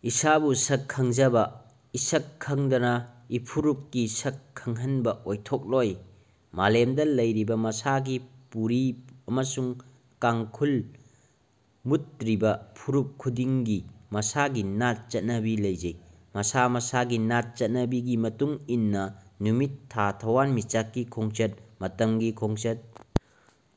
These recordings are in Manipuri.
ꯏꯁꯥꯕꯨ ꯁꯛ ꯈꯪꯖꯕ ꯏꯁꯛ ꯈꯪꯗꯅ ꯏꯐꯨꯔꯨꯞꯀꯤ ꯁꯛ ꯈꯪꯍꯟꯕ ꯑꯣꯏꯊꯣꯛꯂꯣꯏ ꯃꯥꯂꯦꯝꯗ ꯂꯩꯔꯤꯕ, ꯃꯁꯥꯒꯤ ꯄꯨꯥꯔꯤ ꯑꯃꯁꯨꯡ ꯀꯥꯡꯈꯨꯜ ꯃꯨꯠꯇ꯭ꯔꯤꯕ ꯐꯨꯔꯨꯞ ꯈꯨꯗꯤꯡꯒꯤ ꯃꯁꯥꯒꯤ ꯅꯥꯠ-ꯆꯠꯅꯕꯤ ꯂꯩꯖꯩ꯫ ꯃꯁꯥ ꯃꯁꯥꯒꯤ ꯅꯥꯠ ꯆꯠꯅꯕꯤꯒꯤ ꯃꯇꯨꯡ ꯏꯅꯅ ꯅꯨꯃꯤꯠ ꯊꯥ ꯊꯋꯥꯟꯃꯤꯆꯥꯛꯀꯤ ꯈꯣꯡꯆꯠ, ꯃꯇꯝꯒꯤ ꯈꯣꯡꯆꯠ,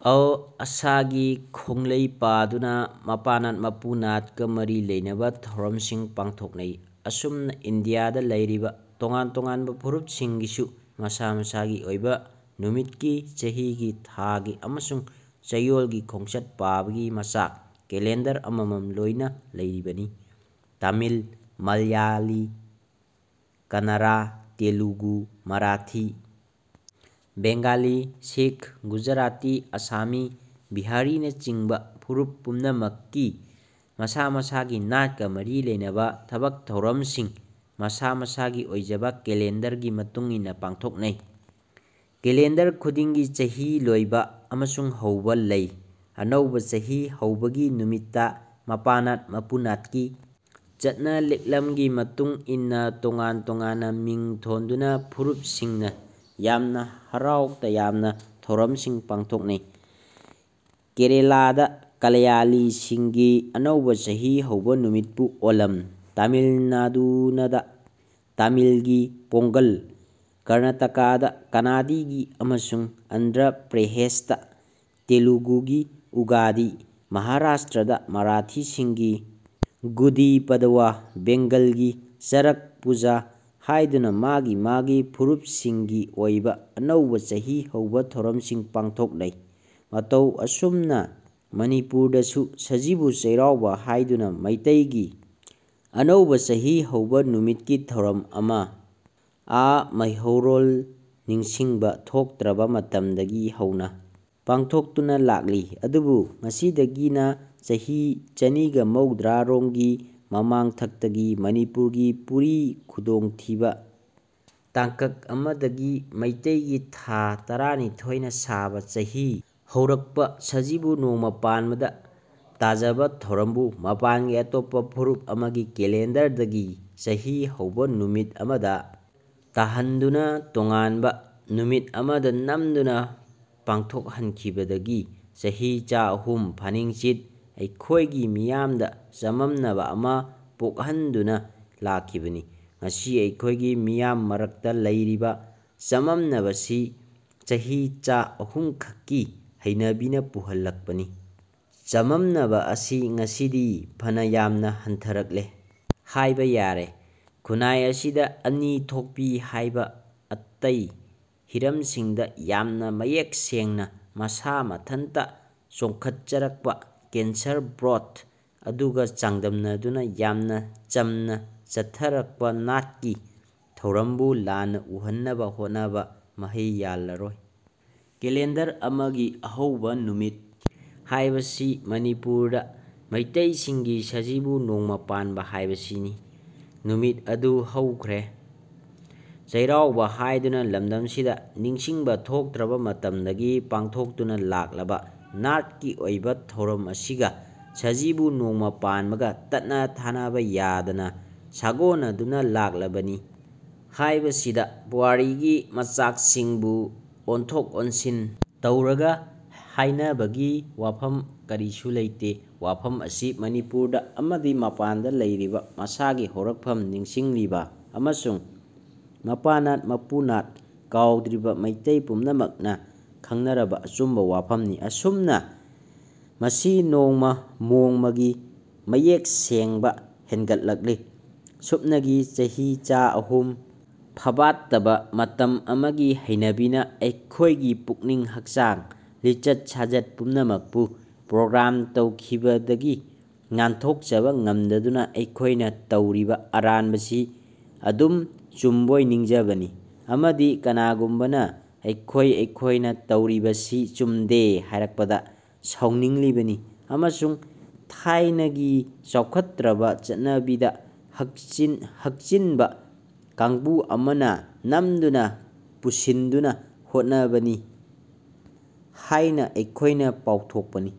ꯑꯏꯣ-ꯑꯁꯥꯒꯤ ꯈꯣꯡꯂꯩ ꯄꯥꯗꯨꯅ ꯃꯄꯥꯅꯥꯠ-ꯃꯄꯨꯅꯥꯠꯀ ꯃꯔꯤ ꯂꯩꯅꯕ ꯊꯧꯔꯝꯁꯤꯡ ꯄꯥꯡꯊꯣꯛꯅꯩ꯫ ꯑꯁꯨꯝꯅ ꯏꯟꯗꯤꯌꯥꯗ ꯂꯩꯔꯤꯕ ꯇꯣꯉꯥꯟ ꯇꯣꯉꯥꯟꯕ ꯐꯨꯔꯨꯞꯁꯤꯡꯒꯤꯁꯨ ꯃꯁꯥ ꯃꯁꯥꯒꯤ ꯑꯏꯕ ꯅꯨꯃꯤꯠꯀꯤ, ꯆꯍꯤꯒꯤ, ꯊꯥꯒꯤ ꯑꯃꯁꯨꯡ ꯆꯌꯣꯜꯒꯤ ꯈꯣꯡꯆꯠ ꯄꯥꯕꯒꯤ ꯃꯆꯥꯛ-ꯀꯦꯂꯦꯟꯗꯔ ꯑꯃꯃꯝ ꯂꯣꯏꯅ ꯂꯩꯕꯅꯤ꯫ ꯇꯥꯃꯤꯜ, ꯃꯥꯜꯌꯥꯂꯤ, ꯀꯅꯥꯔꯥ ꯇꯦꯂꯨꯒꯨ, ꯃꯔꯥꯊꯤ, ꯕꯦꯡꯒꯥꯂꯤ, ꯁꯤꯈ, ꯒꯨꯖꯔꯥꯇꯤ, ꯑꯁꯥꯃꯤ, ꯕꯤꯍꯥꯔꯤꯅꯆꯤꯡꯕ ꯐꯨꯔꯨꯞ ꯄꯨꯝꯅꯃꯛꯀꯤ ꯃꯁꯥ ꯃꯁꯥꯒꯤ ꯅꯥꯠꯀ ꯃꯔꯤ ꯂꯩꯅꯕ ꯊꯕꯛ ꯊꯧꯔꯝꯁꯤꯡ ꯃꯁꯥ ꯃꯁꯥꯒꯤ ꯑꯣꯏꯖꯕ ꯀꯦꯂꯦꯟꯗꯔꯒꯤ ꯃꯇꯨꯡ ꯏꯟꯅ ꯄꯥꯡꯊꯣꯛꯅꯩ꯫ ꯀꯦꯂꯦꯟꯗꯔ ꯈꯨꯗꯤꯡꯒꯤ ꯆꯍꯤ ꯂꯣꯏꯕ ꯑꯃꯁꯨꯡ ꯍꯧꯕ ꯂꯩ꯫ ꯑꯅꯧꯕ ꯆꯍꯤ ꯍꯧꯕꯒꯤ ꯅꯨꯃꯤꯠꯇ ꯃꯄꯥꯅꯥꯠ-ꯃꯄꯨꯅꯥꯠꯀꯤ ꯆꯠꯅ-ꯂꯤꯛꯂꯝꯒꯤ ꯃꯇꯨꯡ ꯏꯟꯅ ꯇꯣꯉꯥꯟ ꯇꯣꯉꯥꯟꯅ ꯃꯤꯡ ꯊꯣꯟꯗꯨꯅ ꯐꯨꯔꯨꯞꯁꯤꯡꯅ ꯌꯥꯝꯅ ꯍꯔꯥꯎ-ꯇꯌꯥꯝꯅ ꯊꯧꯔꯝꯁꯤꯡ ꯄꯥꯡꯊꯣꯛꯅꯩ꯫ ꯀꯦꯔꯦꯂꯥꯗ ꯃꯂꯥꯌ ꯥꯂꯤꯁꯤꯡꯒꯤ ꯑꯅꯧꯕ ꯆꯍꯤ ꯍꯧꯕ ꯅꯨꯃꯤꯠꯄꯨ "ꯑꯣꯂꯝ" ꯇꯥꯃꯤꯜ ꯅꯥꯗꯨꯅꯗ ꯇꯥꯃꯤꯜꯒꯤ "ꯄꯣꯡꯒꯜ" ꯀꯔꯅꯥꯇꯀꯥꯗ ꯀꯅꯥꯗꯤꯒꯤ ꯑꯃꯁꯨꯡ ꯑꯟꯗ꯭ꯔ ꯄ꯭ꯔꯦꯍꯦꯁꯇ ꯇꯦꯂꯨꯒꯨꯒꯤ "ꯎꯒꯥꯗꯤ" ꯃꯍꯥꯔꯥꯁ꯭ꯇ꯭ꯔꯗ ꯃꯔꯥꯊꯤꯁꯤꯡꯒꯤ "ꯒꯨꯗꯤ ꯄꯗꯋꯥ", ꯕꯦꯡꯒꯜꯒꯤ "ꯆꯔꯛ ꯄꯨꯖꯥ" ꯍꯥꯏꯗꯨꯅ ꯃꯥꯒꯤ ꯃꯥꯒꯤ ꯐꯨꯔꯨꯞꯁꯤꯒꯤ ꯑꯣꯏꯕ ꯑꯅꯧꯕ ꯆꯍꯤ ꯍꯧꯕ ꯊꯧꯔꯝꯁꯤꯡ ꯄꯥꯡꯊꯣꯛꯅꯩ꯫ ꯃꯇꯧ ꯑꯁꯨꯝꯅ ꯃꯅꯤꯄꯨꯔꯗꯁꯨ ꯁꯖꯤꯕꯨ ꯆꯩꯔꯥꯎꯕ ꯍꯥꯏꯗꯨꯅ ꯃꯩꯇꯩꯒꯤ ꯑꯅꯧꯕ ꯆꯍꯤ ꯍꯧꯕ ꯅꯨꯃꯤꯠꯀꯤ ꯊꯧꯔꯝ ꯑꯃ ꯑꯥ ꯃꯩꯍꯧꯔꯣꯜ-ꯅꯤꯡꯁꯤꯡꯕ ꯊꯣꯛꯇ꯭ꯔꯕ ꯃꯇꯝꯗꯒꯤ ꯍꯧꯅ ꯄꯥꯡꯊꯣꯛꯇꯨꯅ ꯂꯥꯛꯂꯤ꯫ ꯑꯗꯨꯕꯨ ꯉꯁꯤꯗꯒꯤꯅ ꯆꯍꯤ ꯆꯅꯤꯒ ꯃꯧꯗ꯭ꯔꯥꯔꯣꯝꯒꯤ ꯃꯃꯥꯡꯊꯛꯇꯒꯤ ꯃꯅꯤꯄꯨꯔꯒꯤ ꯄꯨꯔꯤ ꯈꯨꯗꯣꯡꯊꯤꯕ ꯇꯥꯡꯀꯛ ꯑꯃꯗꯒꯤ ꯃꯩꯇꯩꯒꯤ ꯊꯥ ꯇꯔꯥꯅꯤꯊꯣꯏꯅ ꯁꯥꯕ ꯆꯍꯤ ꯍꯧꯔꯛꯄ ꯁꯖꯤꯕꯨ ꯅꯣꯡꯃ ꯄꯥꯟꯕꯗ ꯇꯥꯖꯕ ꯊꯧꯔꯝꯕꯨ ꯃꯄꯥꯟꯒꯤ ꯑꯇꯣꯞꯄ ꯐꯨꯔꯨꯞ ꯑꯃꯒꯤ ꯀꯦꯂꯦꯟꯗꯔꯗꯒꯤ ꯆꯍꯤ ꯍꯧꯕ ꯅꯨꯃꯤꯠ ꯑꯃꯗ ꯇꯥꯍꯟꯗꯨꯅ ꯇꯣꯉꯥꯟꯕ ꯅꯨꯃꯤꯠ ꯑꯃꯗ ꯅꯝꯗꯨꯅ ꯄꯥꯡꯊꯣꯛꯍꯟꯈꯤꯕꯗꯒꯤ ꯆꯍꯤ ꯆꯥ ꯑꯍꯨꯝ ꯐꯥꯅꯤꯡꯆꯤꯠ ꯑꯩꯈꯣꯏꯒꯤ ꯃꯤꯌꯥꯝꯗ ꯆꯃꯝꯅꯕ ꯑꯃ ꯄꯣꯛꯍꯟꯗꯨꯅ ꯂꯥꯛꯈꯤꯕꯅꯤ꯫ ꯉꯁꯤ ꯑꯩꯈꯣꯏꯒꯤ ꯃꯤꯌꯥꯝ ꯃꯔꯛꯇ ꯂꯩꯔꯤꯕ ꯆꯃꯝꯅꯕꯁꯤ ꯆꯍꯤ ꯆꯥ ꯑꯍꯨꯝꯈꯛꯀꯤ ꯍꯩꯅꯕꯤꯅ ꯄꯨꯍꯜꯂꯛꯄꯅꯤ꯫ ꯆꯃꯝꯅꯕ ꯑꯁꯤ ꯉꯁꯤꯗꯤ ꯐꯅꯥ ꯌꯥꯝꯅ ꯍꯟꯊꯔꯛꯂꯦ ꯍꯥꯏꯕ ꯌꯥꯔꯦ꯫ ꯈꯨꯟꯅꯥꯏ ꯑꯁꯤꯗ "ꯑꯅꯤ ꯊꯣꯛꯄꯤ" ꯍꯥꯏꯕ ꯑꯇꯩ ꯍꯤꯔꯝꯁꯤꯡꯗ ꯌꯥꯝꯅ ꯃꯌꯦꯛ ꯁꯦꯡꯅ, ꯃꯁꯥ ꯃꯊꯟꯇ ꯆꯣꯡꯈꯠꯆꯔꯛꯄ "ꯀꯦꯟꯁꯔ ꯕ꯭ꯔꯣꯊ" ꯑꯗꯨꯒ ꯆꯥꯡꯗꯝꯅꯗꯨꯅ ꯌꯥꯝꯅ ꯆꯝꯅ ꯆꯠꯊꯔꯛꯄ ꯅꯥꯠꯀꯤ ꯊꯧꯔꯝꯕꯨ ꯂꯥꯟꯅ ꯎꯍꯟꯅꯕ ꯍꯣꯠꯅꯕ ꯃꯍꯌ ꯌꯥꯜꯂꯔꯣꯏ꯫ ꯀꯦꯂꯦꯟꯗꯔ ꯑꯃꯒꯤ ꯑꯍꯧꯕ ꯅꯨꯃꯤꯠ ꯍꯥꯏꯕꯁꯤ ꯃꯅꯤꯄꯨꯔꯗ ꯃꯩꯇꯩꯁꯤꯡꯒꯤꯗꯤ ꯁꯖꯤꯕꯨ ꯅꯣꯡꯃꯥ ꯄꯥꯟꯕ ꯍꯥꯏꯕꯁꯤꯅꯤ꯫ ꯅꯨꯃꯤꯠ ꯑꯗꯨ ꯍꯧꯈ꯭ꯔꯦ꯫ ꯆꯩꯔꯥꯎꯕ ꯍꯥꯏꯗꯨꯅ ꯂꯝꯗꯝꯁꯤꯗ ꯅꯤꯡꯁꯤꯡꯕ ꯊꯣꯛꯇ꯭ꯔꯕ ꯃꯇꯝꯗꯒꯤ ꯄꯥꯡꯊꯣꯛꯇꯨꯅ ꯂꯥꯛꯂꯕ ꯅꯥꯠꯀꯤ ꯑꯣꯏꯕ ꯊꯧꯔꯝ ꯑꯁꯤꯒ ꯁꯖꯤꯕꯨ ꯅꯣꯡꯃꯥ ꯄꯥꯟꯕꯒ ꯇꯠꯅ-ꯊꯥꯅꯕ ꯌꯥꯗꯅ ꯁꯥꯒꯣꯟꯅꯗꯨꯅ ꯂꯥꯛꯂꯕꯅꯤ ꯍꯥꯏꯕꯁꯤꯗ ꯄꯨꯥꯔꯤꯒꯤ ꯃꯆꯥꯛꯁꯤꯡꯕꯨ ꯑꯣꯟꯊꯣꯛ-ꯑꯣꯟꯁꯤꯟ ꯇꯧꯔꯒ ꯍꯥꯏꯅꯕꯒꯤ ꯋꯥꯐꯝ ꯀꯔꯤꯁꯨ ꯂꯩꯇꯦ꯫ ꯋꯥꯐꯝ ꯑꯁꯤ ꯃꯅꯤꯄꯨꯔꯗ ꯑꯃꯗꯤ ꯃꯄꯥꯟꯗ ꯂꯩꯔꯤꯕ ꯃꯁꯥꯒꯤ ꯍꯧꯔꯛꯐꯝ ꯅꯤꯡꯁꯤꯡꯂꯤꯕ ꯑꯃꯁꯨꯡ ꯃꯄꯥꯅꯥꯠ-ꯃꯄꯨꯅꯥꯠ ꯀꯥꯎꯗ꯭ꯔꯤꯕ ꯃꯩꯇꯩ ꯄꯨꯝꯅꯃꯛꯅ ꯈꯪꯅꯔꯕ ꯑꯆꯨꯝꯕ ꯋꯥꯐꯝꯅꯤ꯫ ꯑꯁꯨꯝꯅ ꯃꯁꯤ ꯅꯣꯡꯃꯥ ꯃꯣꯡꯃꯒꯤ ꯃꯌꯦꯛ ꯁꯦꯡꯕ ꯍꯦꯟꯒꯠꯂꯛꯂꯤ꯫ ꯁꯨꯞꯅꯒꯤ ꯆꯍꯤ ꯆꯥ ꯑꯍꯨꯝ ꯐꯥꯕꯥꯠꯇꯕ ꯃꯇꯝ ꯑꯃꯒꯤ ꯍꯩꯅꯕꯤꯅ ꯑꯩꯈꯣꯏꯒꯤ ꯄꯨꯛꯅꯤꯡ ꯍꯛꯆꯥꯡ, ꯂꯤꯆꯠ-ꯁꯥꯖꯠ ꯄꯨꯝꯅꯃꯛꯄꯨ ꯄ꯭ꯔꯣꯒ꯭ꯔꯥꯝ ꯇꯧꯈꯤꯕꯗꯒꯤ ꯅꯥꯟꯊꯣꯛꯆꯕ ꯉꯝꯗꯗꯨꯅ ꯑꯩꯈꯣꯏꯅ ꯇꯧꯔꯤꯕ ꯑꯔꯥꯟꯕꯁꯤ ꯑꯗꯨꯝ ꯆꯨꯝꯕꯣꯏ ꯅꯤꯡꯖꯕꯅꯤ ꯑꯃꯗꯤ ꯀꯅꯥꯒꯨꯝꯕꯅ ꯑꯩꯈꯣꯏ ꯑꯩꯈꯣꯏꯅ ꯇꯧꯔꯤꯕꯁꯤ ꯆꯨꯝꯗꯦ ꯍꯥꯏꯔꯛꯄꯗ ꯁꯥꯎꯅꯤꯡꯂꯤꯕꯅꯤ ꯑꯃꯁꯨꯡ ꯊꯥꯏꯅꯒꯤ ꯆꯥꯎꯈꯠꯇ꯭ꯔꯕ ꯆꯠꯅꯕꯤꯗ ꯍꯛꯆꯤꯟꯕ ꯀꯥꯡꯕꯨ ꯑꯃꯅ ꯅꯝꯗꯨꯅ ꯄꯨꯁꯤꯟꯗꯨꯅ ꯍꯣꯠꯅꯕꯅꯤ ꯍꯥꯏꯅ ꯑꯩꯈꯣꯏꯅ ꯄꯥꯎꯊꯣꯛꯄꯅꯤ꯫